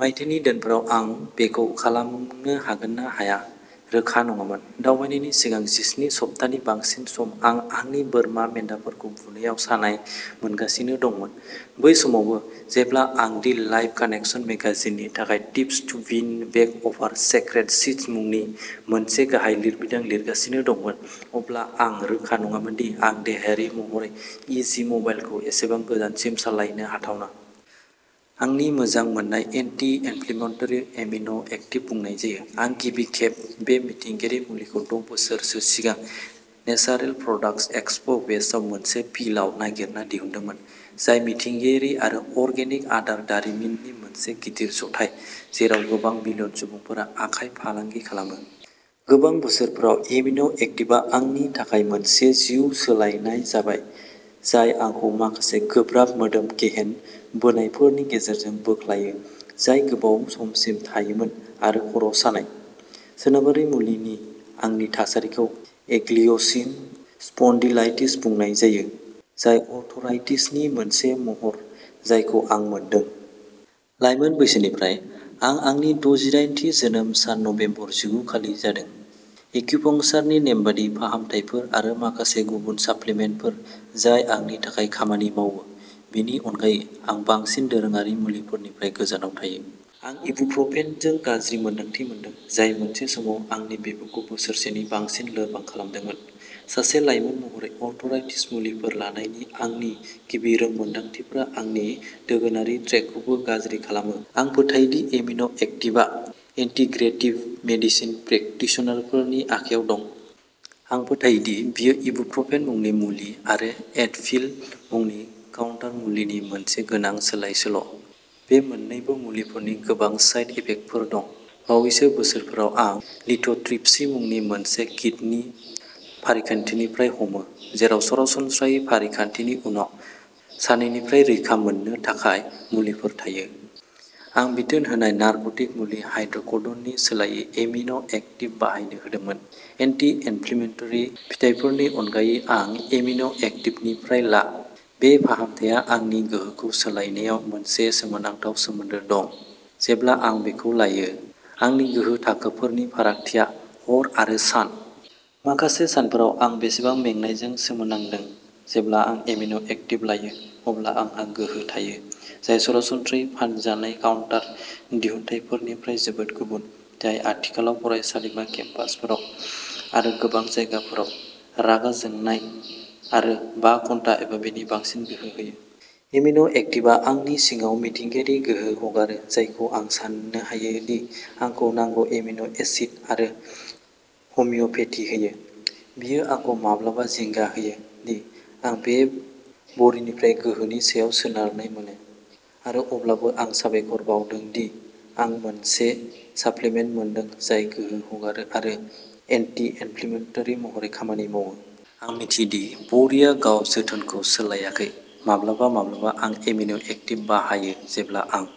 मायथाइनि दानफोराव आं बेखौ खालामनो हागोन ना हाया रोखा नङामोन। दावबायनायनि सिगां जिस्नि सप्ताहनि बांसिन सम आं आंनि बोरमा मेन्दाफोरखौ बुनायाव सानाय मोनगासिनो दंमोन। बै समावबो, जेब्ला आं दि लाइफ कानेकसन मेगाजिननि थाखाय tips to win back our sacred seeds मुंनि मोनसे गाहाय लिरबिदां लिरगासिनो दंमोन। अब्ला आं रोखा नङामोन दि आं देहायारि महरै इ जि मबाइलखौ एसेबां गोजानसिम सालायनो हाथावना। आंनि मोजां मोननाय एन्टि इनफ्लेमेनटारिखौ एमिन' एक्टिभ बुंनाय जायो। आं गिबि खेब बे मिथिंगायारि मुलिखौ द' बोसोरसो सिगां नेसारेल प्रडाक्टस एक्सपो वेस्टआव मोनसे पिलआव नागिरना दिहुनदोंमोन। जाय मिथिंगायारि आरो अर्गेनिक आदार दारिमिननि मोनसे गिदिर ज'थाय जेराव गोबां मिलियन सुबुंफोरा आखाइ फालांगि खालामो। गोबां बोसोरफोराव, एमिन' एक्टिभआ आंनि थाखाय मोनसे जिउ सोलायनाय जाबाय। जाय आंखौ माखासे गोब्राब मोदोम गेहेन बोनायफोरनि गेजेरजों बोख्लायो। जाय गोबाव समसिम थायोमोन आरो खर' सानाय। सोनाबारि मुलिनि आंनि थासारिखौ एग्लिय'सिन स्पन्डिलाइटिस बुंनाय जायो। जाय आर्थराइटिसनि मोनसे महर जायखौ आं मोनदों। लाइमोन बैसोनिफ्राय आं आंनि द' जिदायेनथि जोनोम सान नबेम्बर जिगु खालि जादों। एक्युपंक्चारनि नेमबादि फाहामथायफोर आरो माखासे गुबुन साप्लिमेन्टफोर जाय आंनि थाखाय खामानि मावो। बेनि अनगायै, आं बांसिन दोरोङारि मुलिफोरनिफ्राय गोजानाव थायो। आं इबुप्रफेनजों गाज्रि मोन्दांथि मोनदों, जाय मोनसे समाव आंनि बेबुखौ बोसोरसेनि बांसिन लोरबां खालामदोंमोन। सासे लाइमोन महरै आर्थराइटिस मुलिफोर लानायनि आंनि गिबि रोंमोनदांथिफोरा आंनि दोगोनारि ट्रेकखौबो गाज्रि खालामो। आं फोथायो दि एमिन' एक्टिभआ इन्टिग्रेटिभ मेडिसिन प्रेकटिशनारफोरनि आखायाव दं। आं फोथायो दि बेयो इबुप्रफेन मुंनि मुलि आरो एडभिल मुंनि काउन्टार मुलिनि मोनसे गोनां सोलायसोल'। बे मोन्नैबो मुलिफोरनि गोबां साइड इफेक्टफोर दं। बावैसो बोसोरफोराव आं लिथ'ट्रिप्सी मुंनि मोनसे किडनि फारिखान्थिनिफ्राय हामो, जेराव सरासनस्रायै फारिखान्थिनि उनाव सानायनिफ्राय रैखा मोननो थाखाय मुलिफोर थायो। आं बिथोन होनाय नारक'टिक मुलि हाइड्र'क'डननि सोलायै एमिन' एक्टिभ बाहायनो हादोंमोन। एन्टि इनफ्लेमेनटरि फिथायफोरनि अनगायै आं एमिन' एक्टिभनिफ्राय ला, बे फाहामथाया आंनि गोहोखौ सोलायनायाव मोनसे सोमोनांथाव सोमोन्दो दं। जेब्ला आं बेखौ लायो, आंनि गोहो थाखोफोरनि फारागथिया हर आरो सान माखासे सानफोराव, आं बेसेबां मेंनायजों सोमोनांदों। जेब्ला आं एमिन' एक्टिभ लायो, अब्ला आंहा गोहो थायो। जाय सरासनस्रायै फानजानाय काउन्टार दिहुनथायफोरनिफ्राय जोबोद गुबुन। जाय आथिखालाव फरायसालिमा केम्पासफोराव आरो गोबां जायगाफोराव रागा जोंनाय आरो बा घन्टा एबा बेनि बांसिन गोहो होयो। एमिन' एक्टिभआ आंनि सिङाव मिथिंगायारि गोहो हगारो, जायखौ आं साननो हायो दि आंनो नांगौ एमिन' एसिड आरो हमिय'पेथि होयो। बेयो आंखौ माब्लाबा जिंगा होयो दि आं बे बरिनिफ्राय गोहोनि सायाव सोनारनाय मोनो आरो अब्लाबो आं साबायखर बावदों दि आं मोनसे साप्लिमेन्ट मोनदों। जाय गोहो हगारो आरो एन्टि-इनफ्लेमेनटरि महरै खामानि मावो। आं मिथियो दि बरिआ गाव जोथोनखौ सोलायाखै। माब्लाबा माब्लाबा आं एमिन'एक्टिभ बाहायो जेब्ला आं